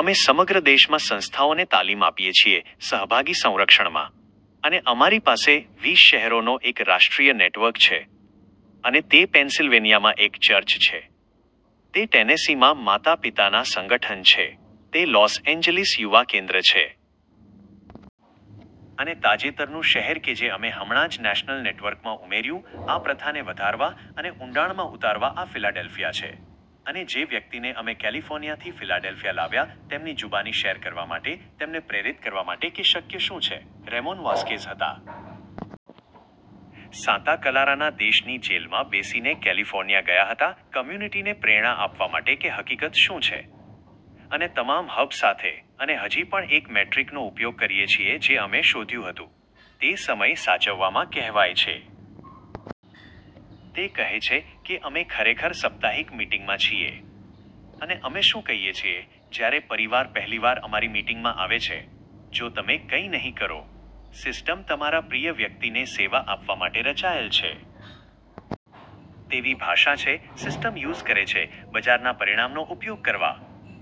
અમે સમગ્ર દેશમાં સંસ્થાઓને તાલીમ આપીએ છીએ સહભાગી સંરક્ષણમાં. અને અમારી પાસે વીસ શહેરોનો એક રાષ્ટ્રીય નેટવર્ક છે. અને તે પેન્સિલવેનિયામાં એક ચર્ચ છે. તે ટેનેસીમાં માતા-પિતાના સંગઠન છે. તે લોસ એન્જલિસ યુવા કેન્દ્ર છે. અને તાજેતરનું શહેર કે જે અમે હમણાં જ નેશનલ નેટવર્કમાં ઉમેર્યું આ પ્રથાને વધારવા અને ઊંડાણમાં ઉતારવા આ ફિલાડેલ્ફિયા છે. અને જે વ્યક્તિને અમે કેલિફોર્નિયાથી ફિલાડેલ્ફિયા લાવ્યા તેમની જુબાની શેર કરવા માટે, તેમને પ્રેરિત કરવા માટે કે શક્ય શું છે, રેમોન વાસકેઝ હતા. સાંતા ક્લારાના દેશની જેલમાં બેસીને કેલિફોર્નિયા ગયા હતા કમ્યુનિટીને પ્રેરણા આપવા માટે કે હકિકત શું છે. અને તમામ હબ સાથે અને હજી પણ એક મેટ્રિકનો ઉપયોગ કરીએ છીએ જે અમે શોધ્યું હતું. તે સમય સાચવવામાં કહેવાય છે. તે કહે છે કે અમે ખરેખર સપ્તાહિક મીટીંગમાં છીએ. અને અમે શું કહીએ છીએ જ્યારે પરિવાર પહેલીવાર અમારી મીટીંગમાં આવે છે. જો તમે કઈ નહિ કરો. સિસ્ટમ તમારા પ્રિય વ્યક્તિને સેવા આપવા માટે રચાયેલ છે. તેવી ભાષા છે, સિસ્ટમ યુઝ કરે છે, બજારના પરિણામનો ઉપયોગ કરવા.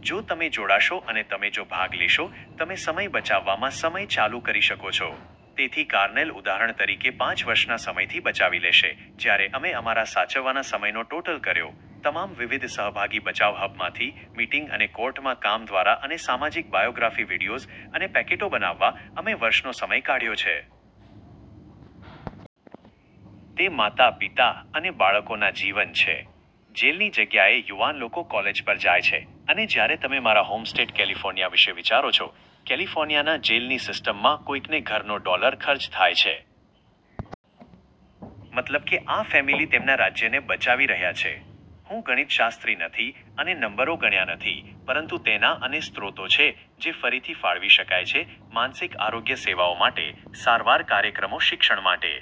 જો તમે જોડાશો અને તમે જો ભાગ લેશો, તમે સમય બચાવવામાં સમય ચાલુ કરી શકો છો. તેથી કારનેલ ઉદાહરણ તરીકે પાંચ વર્ષના સમયથી બચાવી લેશે જ્યારે અમે અમારા સાચવવાના સમયનો ટોટલ કર્યો તમામ વિવિધ સહભાગી બચાવ હબ માંથી, મીટીંગ અને કોર્ટમાં કામ દ્વારા અને સામાજિક બાયોગ્રાફી વિડિયોઝ અને પેકેટો બનાવવા, અમે વર્ષનો સમય કાઢ્યો છે. તે માતા-પિતા અને બાળકોના જીવન છે. જેલની જગ્યાએ યુવાન લોકો કોલેજ પર જાય છે અને જ્યારે તમે મારા હોમ સ્ટેટ કેલિફોર્નિયા વિશે વિચારો છો, કેલિફોર્નિયાના જેલની સિસ્ટમમાં કોઈકને ઘરનો ડોલર ખર્ચ થાય છે. મતલબ કે આ ફેમિલી તેમના રાજ્યને બચાવી રહ્યા છે. હું ગણિતશાસ્ત્રી નથી અને નંબરો ગણ્યા નથી, પરંતુ તેનાં અને સ્ત્રોતો છે જે ફરીથી ફાળવી શકાય છે માનસિક આરોગ્ય સેવાઓ માટે, સારવાર કાર્યક્રમો શિક્ષણ માટે.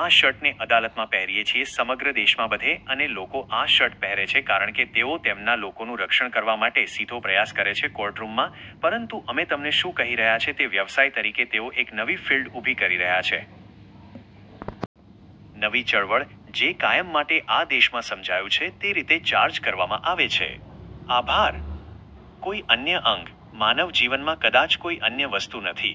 આ શર્ટને અદાલતમાં પહેરીએ છીએ સમગ્ર દેશમાં બધે અને લોકો આ શર્ટ પહેરે છે કારણ કે તેઓ તેમના લોકોનું રક્ષણ કરવા માટે સીધો પ્રયાસ કરે છે કોર્ટ રૂમમાં પરંતુ અમે તમને શું કહી રહ્યા છે તે વ્યવસાય તરીકે તેઓ એક નવી ફિલ્ડ ઊભી કરી રહ્યા છે. નવી ચળવળ, જે કાયમ માટે આ દેશમાં સમજાયું છે તે રીતે ચાર્જ કરવામાં આવે છે. આભાર! કોઈ અન્ય અંગ, માનવ જીવનમાં કદાચ કોઈ અન્ય વસ્તુ નથી.